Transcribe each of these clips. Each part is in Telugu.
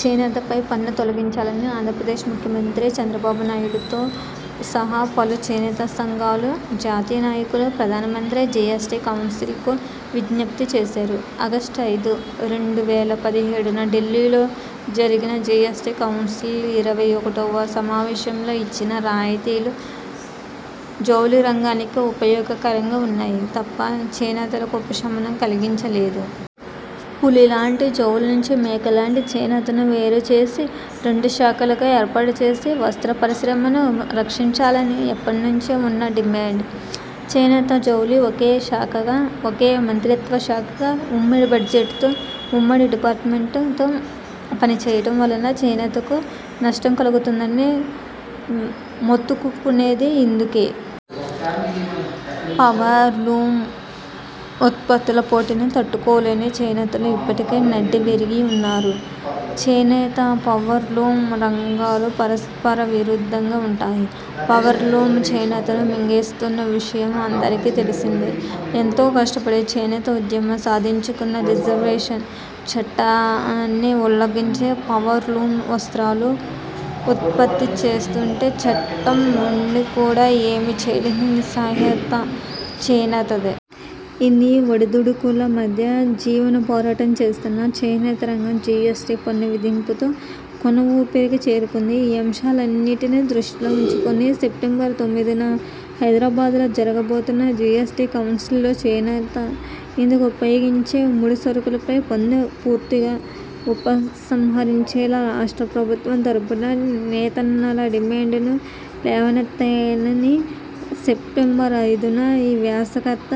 చేనేతపై పన్ను తొలగించాలని ఆంధ్రప్రదేశ్ ముఖ్యమంత్రి చంద్రబాబునాయుడుతో సహా పలు చేనేత సంఘాలు, జాతీయ నాయకులు ప్రధానమంత్రికి, జీఎస్టీ కౌన్సిల్ కు విజ్ఞప్తి చేశారు. ఆగస్టు ఐదు, రెండు వేల పదిహేడున ఢిల్లీలో జరిగిన జీఎస్టీ కౌన్సిల్ ఇరవై ఒకటివ సమావేశంలో ఇచ్చిన రాయితీలు జౌళి రంగానికే ఉపయోగకరంగా వున్నాయి తప్ప చేనేతలకు ఉపశమనం కలిగించలేదు. పులి లాంటి జౌళి నుంచి మేక లాంటి చేనేతను వేరు చేసి, రెండు శాఖలుగా ఏర్పాటుచేసి వస్త్ర పరిశ్రమను రక్షించాలని ఎప్పటినుంచో ఉన్న డిమాండ్. చేనేత జౌళి ఒకే శాఖగా, ఒకే మంత్రిత్వ శాఖగా ఉమ్మడి బడ్జెట్ తో, ఉమ్మడి డిపార్ట్మెంట్ తో పనిచేయటం వలన చేనేతకు నష్టం కలుగుతుందని మొత్తుకునేది ఇందుకే. పవర్లూమ్ ఉత్పత్తుల పోటీని తట్టుకోలేని చేనేతలు ఇప్పటికే నడ్డివిరిగి వున్నారు. చేనేత, పవర్ లూమ్ రంగాలు పరస్పర విరుద్ధంగా ఉంటాయి. పవర్ లూమ్ చేనేతను మింగేస్తున్న విషయం అందరికీ తెలిసిందే. ఎంతో కష్టపడి చేనేత ఉద్యమం సాధించుకున్న రిజర్వేషన్ చట్టాన్ని ఉల్లఘించి పవర్లూమ్ వస్త్రాలు ఉత్పత్తి చేస్తుంటే చట్టం ఉండి కూడా ఏమీ చేయలేని నిస్సహాయత చేనేతది. ఇన్ని ఒడిదుడుకుల మధ్య జీవన పోరాటం చేస్తున్న చేనేత రంగం జీఎస్టీ పన్ను విధింపుతో కొన ఊపిరికి చేరుకుంది. ఈ అంశాలన్నింటినీ దృష్టిలో వుంచుకుని సెప్టెంబర్ తొమ్మిదిన హైదరాబాద్లో జరగబోతున్న జీఎస్టీ కౌన్సిల్లో చేనేత, ఇందుకు ఉపయోగించే ముడిసరకులపై పన్ను పూర్తిగా ఉపసంహరించేలా రాష్ట్ర ప్రభుత్వం తరుఫున నేతన్నల డిమాండ్ ను లేవనేత్తాలని సెప్టెంబర్ ఐదున ఈ వ్యాసకర్త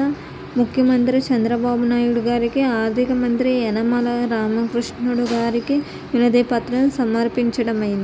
ముఖ్యమంత్రి చంద్రబాబు నాయుడు గారికి, ఆర్థికమంత్రి యనమల రామకృష్ణుడు గారికి వినతిపత్రం సమర్పించటమైంది.